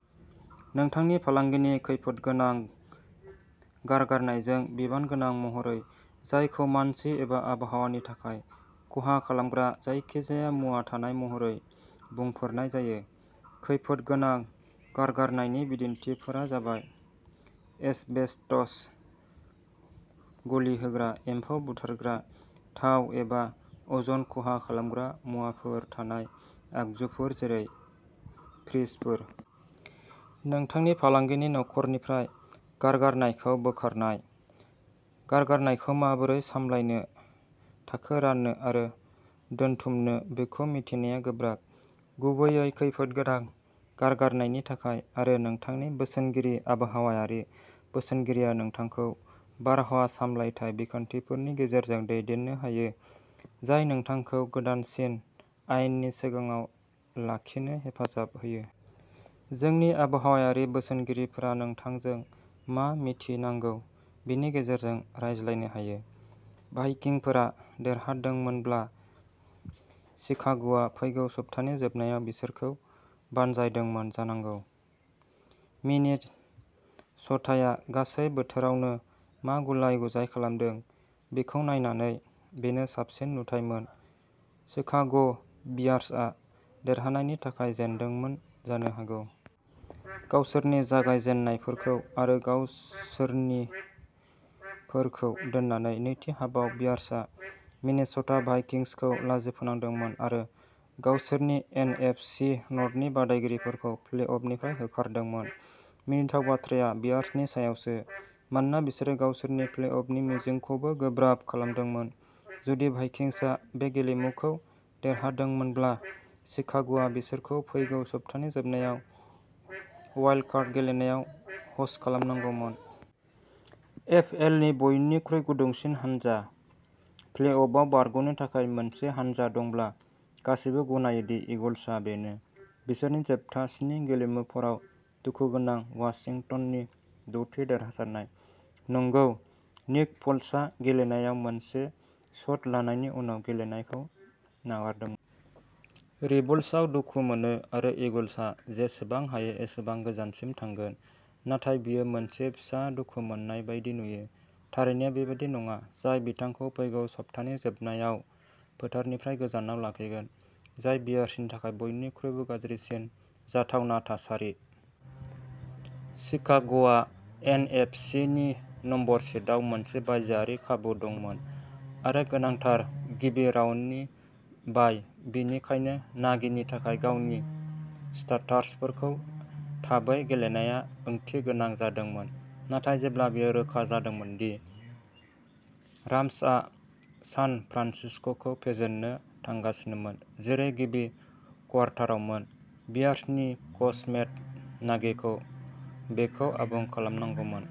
नोंथांनि फालांगिनि खैफोदगोनां गारगारनायजों बिबानगोनां महरै, जायखौ मानसि एबा आबहावानि थाखाय खहा खालामग्रा जायखिजाया मुवा थानाय महरै बुंफोरनाय जायो। खैफोदगोनां गारगारनायनि बिदिन्थिफोरा जाबाय एस्बेस्टस, गलिहोग्रा, एम्फौ बुथारग्रा, थाव, एबा अज'न-खहा खालामग्रा मुवाफोर थानाय आगजुफोर, जेरै फ्रिजफोर। नोंथांनि फालांगिनि न'खरनिफ्राय गारगारनायखौ बोखारनाय। गारगारनायखौ माबोरै सामलायनो, थाखो राननो आरो दोनथुमनो बेखौ मिथिनाया गोब्राब, गुबैयै खैफोदगोनां गारगारनायनि थाखाय, आरो नोंथांनि बोसोनगिरि आबहावायारि बोसोनगिरिया नोंथांखौ बारहावा सामलायथाय बिखान्थिफोरनि गेजेरजों दैदेननो हायो, जाय नोंथांखौ गोदानसिन आयेननि सिगाङाव लाखिनो हेफाजाब होयो। जोंनि आबहावायारि बोसोनगिरिफोरा नोंथांजों मा मिथिनांगौ बेनि गेजेरजों रायज्लायनो हायो। भाइकिंफोरा देरहादोंमोनब्ला, शिकाग'आ फैगौ सप्तानि जोबनायाव बिसोरखौ बानजायदोंमोन जानांगौ। मिनेस'टाया गासै बोथोरावनो मा गुलाय-गुजाय खालामदों, बेखौ नायनानै, बेनो साबसिन नुथायमोन। शिकाग'बियार्सआ देरहानायनि थाखाय जेनदोंमोन जानो हागौ। गावसोरनि जागायजेन्नायफोरखौ आरो गावसोरनिफोरखौ दोननानै। नैथि हाफआव, बियार्सआ मिनेस'टा भाइकिंसखौ लाजि फोनांदोंमोन आरो गावसोरनि एन. एफ. सि. नर्थनि बादायगिरिफोरखौ प्लेअफनिफ्राय होखारदोंमोन। मिनिथाव बाथ्राया बियार्सनि सायावसो, मानोना बिसोरो गावसोरनि प्लेअफनि मिजिंखौबो गोब्राब खालामदोंमोन। जुदि वाइकिंसआ बे गेलेमुखौ देरहादोंमोनब्ला, शिकाग'आ बिसोरखौ फैगौ सप्तानि जोबनायाव वाइल्ड-कार्ड गेलेनायाव ह'स्ट खालामगौमोन। एफ. एल. नि बयनिख्रुइ गुदुंसिन हानजा। प्लेअफआव बारग'नो थाखाय मोनसे हानजा दंब्ला, गासैबो गनायो दि ईगल्सआ बेनो, बिसोरनि जोबथा स्नि गेलेमुफोराव दुखुगोनां वाशिंटननि द'थि देरहासारनाय। नंगौ, निक फ'ल्सआ गेलेनायाव मोनसे शट लानायनि उनाव गेलेनायखौ नागारदोंमोन। रिब्सआव दुखु मोनो, आरो ईगल्सआ जेसेबां हायो एसेबां गोजानसिम थांगोन। नाथाय बेयो मोनसे फिसा दुखु मोननाय बायदि नुयो, थारैनो बेबादि नङा जाय बिथांखौ फैगौ सप्तानि जोबनायाव फोथारनिफ्राय गोजानाव लाखिगोन। जाय बियार्सनि थाखाय बयनिख्रुइबो गाज्रिसिन जाथावना थासारि। शिकाग'आ एन. एफ. सि. नि नम्बर सीडआव मोनसे बायजोआरि खाबु दंमोन-आरो गोनांथार गिबि राउन्डनि बाइ-बेनिखायनो नागिनि थाखाय गावनि स्टार्टारफोरखौ थाबै गेलेनाया ओंथिगोनां जादोंमोन। नाथाय जेब्ला बेयो रोखा जादोंमोन दि राम्सआ सान फ्रान्सिस्क'खौ फेजेननो थांगासिनोमोन, जेरै गिबि क्वार्टारावमोन, बियार्सनि कच मेट नागिखौ बेखौ आबुं खालामनांगौमोन।